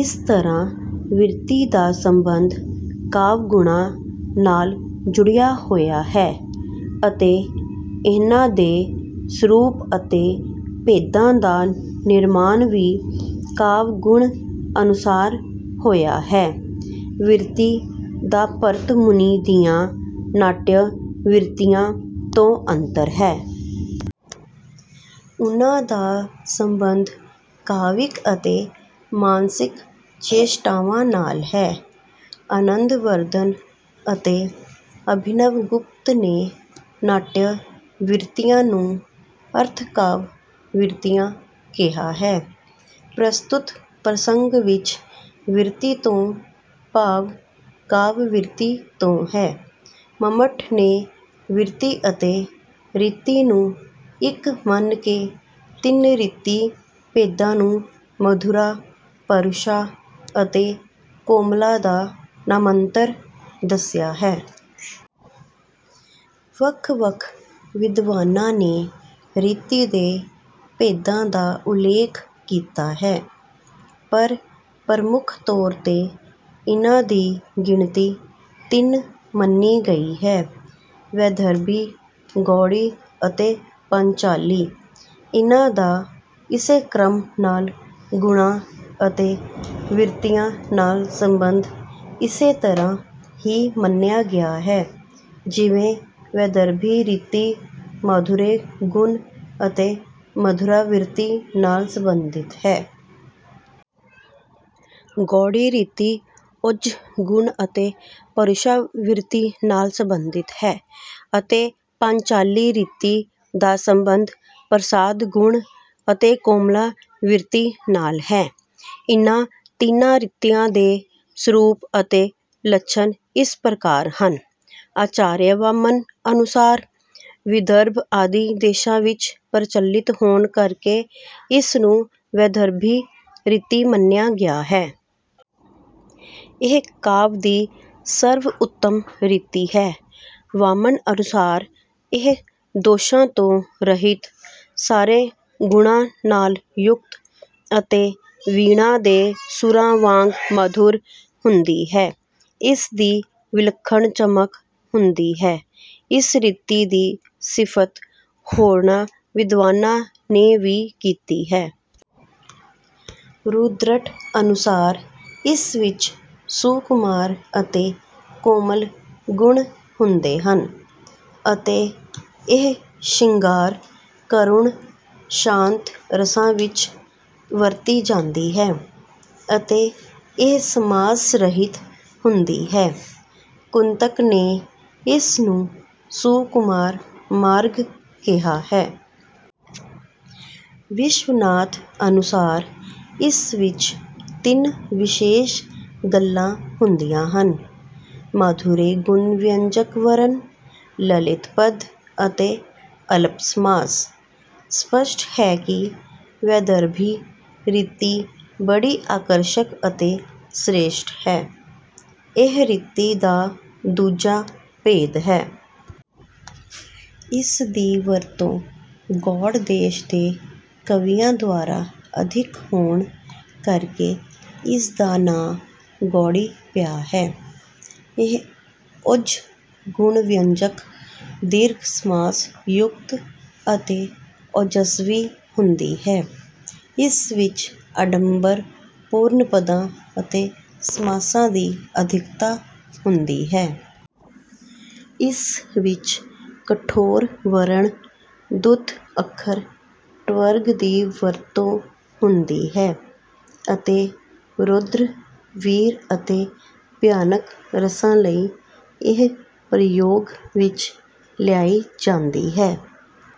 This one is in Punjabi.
ਇਸ ਤਰ੍ਹਾਂ ਵ੍ਰਿਤੀ ਦਾ ਸਬੰਧ ਕਾਵਿ-ਗੁਣਾਂ ਨਾਲ ਜੁੜਿਆ ਹੋਇਆ ਹੈ ਅਤੇ ਇਨ੍ਹਾਂ ਦੇ ਸਰੂਪ ਅਤੇ ਭੇਦਾਂ ਦਾ ਨਿਰਮਾਣ ਵੀ ਕਾਵਿ-ਗੁਣ ਅਨੁਸਾਰ ਹੋਇਆ ਹੈ। ਵ੍ਰਿਤੀ ਦਾ ਭਰਤ ਮੁਨੀ ਦੀਆਂ ਨਾਟਯ ਵ੍ਰਿਤੀਆਂ ਤੋਂ ਅੰਤਰ ਹੈ। ਉਨ੍ਹਾਂ ਦਾ ਸਬੰਧ ਕਾਵਿਕ ਅਤੇ ਮਾਨਸਿਕ ਚੇਸ਼ਟਾਵਾਂ ਨਾਲ ਹੈ। ਆਨੰਦਵਰਧਨ ਅਤੇ ਅਭਿਨਵਗੁਪਤ ਨੇ ਨਾਟਯ ਵ੍ਰਿਤੀਆਂ ਨੂੰ ਅਰਥ-ਕਾਵਿ ਵ੍ਰਿਤੀਆਂ ਕਿਹਾ ਹੈ। ਪ੍ਰਸਤੁਤ ਪ੍ਰਸੰਗ ਵਿੱਚ ਵ੍ਰਿਤੀ ਤੋਂ ਭਾਵ ਕਾਵਿ-ਵ੍ਰਿਤੀ ਤੋਂ ਹੈ। ਮੰਮਟ ਨੇ ਵ੍ਰਿਤੀ ਅਤੇ ਰੀਤੀ ਨੂੰ ਇੱਕ ਮੰਨ ਕੇ ਤਿੰਨ ਰੀਤੀ ਭੇਦਾਂ ਨੂੰ ਮਧੁਰਾ, ਪਰੂਸ਼ਾ ਅਤੇ ਕੋਮਲਾ ਦਾ ਨਾਮਾਂਤਰ ਦੱਸਿਆ ਹੈ। ਵੱਖ-ਵੱਖ ਵਿਦਵਾਨਾਂ ਨੇ ਰੀਤੀ ਦੇ ਭੇਦਾਂ ਦਾ ਉਲੇਖ ਕੀਤਾ ਹੈ, ਪਰ ਪ੍ਰਮੁੱਖ ਤੌਰ 'ਤੇ ਇਨ੍ਹਾਂ ਦੀ ਗਿਣਤੀ ਤਿੰਨ ਮੰਨੀ ਗਈ ਹੈ - ਵੈਦਰਭੀ, ਗੌੜੀ ਅਤੇ ਪਾਂਚਾਲੀ। ਇਨ੍ਹਾਂ ਦਾ ਇਸੇ ਕ੍ਰਮ ਨਾਲ ਗੁਣਾਂ ਅਤੇ ਵ੍ਰਿਤੀਆਂ ਨਾਲ ਸਬੰਧ ਇਸੇ ਤਰ੍ਹਾਂ ਹੀ ਮੰਨਿਆ ਗਿਆ ਹੈ, ਜਿਵੇਂ ਵੈਦਰਭੀ ਰੀਤੀ ਮਾਧੁਰਯ ਗੁਣ ਅਤੇ ਮਧੁਰਾ ਵ੍ਰਿਤੀ ਨਾਲ ਸਬੰਧਿਤ ਹੈ। ਗੌੜੀ ਰੀਤੀ ਓਜ ਗੁਣ ਅਤੇ ਪਰੂਸ਼ਾ ਵ੍ਰਿਤੀ ਨਾਲ ਸਬੰਧਿਤ ਹੈ। ਅਤੇ ਪਾਂਚਾਲੀ ਰੀਤੀ ਦਾ ਸਬੰਧ ਪ੍ਰਸਾਦ ਗੁਣ ਅਤੇ ਕੋਮਲਾ ਵ੍ਰਿਤੀ ਨਾਲ ਹੈ। ਇਨ੍ਹਾਂ ਤਿੰਨਾਂ ਰੀਤੀਆਂ ਦੇ ਸਰੂਪ ਅਤੇ ਲੱਛਣ ਇਸ ਪ੍ਰਕਾਰ ਹਨ - ਆਚਾਰਯ ਵਾਮਨ ਅਨੁਸਾਰ ਵਿਦਰਭ ਆਦਿ ਦੇਸ਼ਾਂ ਵਿੱਚ ਪ੍ਰਚਲਿਤ ਹੋਣ ਕਰਕੇ ਇਸਨੂੰ ਵੈਦਰਭੀ ਰੀਤੀ ਮੰਨਿਆ ਗਿਆ ਹੈ। ਇਹ ਕਾਵਿ ਦੀ ਸਰਵ-ਉੱਤਮ ਰੀਤੀ ਹੈ। ਵਾਮਨ ਅਨੁਸਾਰ ਇਹ ਦੋਸ਼ਾਂ ਤੋਂ ਰਹਿਤ, ਸਾਰੇ ਗੁਣਾਂ ਨਾਲ ਯੁਕਤ ਅਤੇ ਵੀਣਾ ਦੇ ਸੁਰਾਂ ਵਾਂਗ ਮਧੁਰ ਹੁੰਦੀ ਹੈ। ਇਸ ਦੀ ਵਿਲੱਖਣ ਚਮਕ ਹੁੰਦੀ ਹੈ। ਇਸ ਰੀਤੀ ਦੀ ਸਿਫਤ ਹੋਰਨਾਂ ਵਿਦਵਾਨਾਂ ਨੇ ਵੀ ਕੀਤੀ ਹੈ। ਰੁਦ੍ਰਟ ਅਨੁਸਾਰ ਇਸ ਵਿੱਚ ਸੁਕੁਮਾਰ ਅਤੇ ਕੋਮਲ ਗੁਣ ਹੁੰਦੇ ਹਨ। ਅਤੇ ਇਹ ਸ਼ਿੰਗਾਰ, ਕਰੁਣ, ਸ਼ਾਂਤ ਰਸਾਂ ਵਿੱਚ ਵਰਤੀ ਜਾਂਦੀ ਹੈ ਅਤੇ ਇਹ ਸਮਾਸ-ਰਹਿਤ ਹੁੰਦੀ ਹੈ। ਕੁੰਤਕ ਨੇ ਇਸ ਨੂੰ ਸੁਕੁਮਾਰ ਮਾਰਗ ਕਿਹਾ ਹੈ। ਵਿਸ਼ਵਨਾਥ ਅਨੁਸਾਰ ਇਸ ਵਿੱਚ ਤਿੰਨ ਵਿਸ਼ੇਸ਼ ਗੱਲਾਂ ਹੁੰਦੀਆਂ ਹਨ - ਮਾਧੁਰਯ ਗੁਣ-ਵਿਅੰਜਕ ਵਰਣ, ਲਲਿਤ ਪਦ ਅਤੇ ਅਲਪ ਸਮਾਸ। ਸਪੱਸ਼ਟ ਹੈ ਕਿ ਵੈਦਰਭੀ ਰੀਤੀ ਬੜੀ ਆਕਰਸ਼ਕ ਅਤੇ ਸ੍ਰੇਸ਼ਟ ਹੈ। ਇਹ ਰੀਤੀ ਦਾ ਦੂਜਾ ਭੇਦ ਹੈ। ਇਸ ਦੀ ਵਰਤੋਂ ਗੌੜ ਦੇਸ਼ ਦੇ ਕਵੀਆਂ ਦੁਆਰਾ ਅਧਿਕ ਹੋਣ ਕਰਕੇ ਇਸ ਦਾ ਨਾਂ ਗੌੜੀ ਪਿਆ ਹੈ। ਇਹ ਓਜ ਗੁਣ-ਵਿਅੰਜਕ, ਦੀਰਘ ਸਮਾਸ-ਯੁਕਤ ਅਤੇ ਔਜਸਵੀ ਹੁੰਦੀ ਹੈ। ਇਸ ਵਿੱਚ ਆਡੰਬਰ-ਪੂਰਨ ਪਦਾਂ ਅਤੇ ਸਮਾਸਾਂ ਦੀ ਅਧਿਕਤਾ ਹੁੰਦੀ ਹੈ। ਇਸ ਵਿੱਚ ਕਠੋਰ ਵਰਣ, ਦੁੱਤ ਅੱਖਰ, ਟਵਰਗ ਦੀ ਵਰਤੋਂ ਹੁੰਦੀ ਹੈ ਅਤੇ ਰੌਦਰ, ਵੀਰ ਅਤੇ ਭਿਆਨਕ ਰਸਾਂ ਲਈ ਇਹ ਪ੍ਰਯੋਗ ਵਿੱਚ ਲਿਆਈ ਜਾਂਦੀ ਹੈ।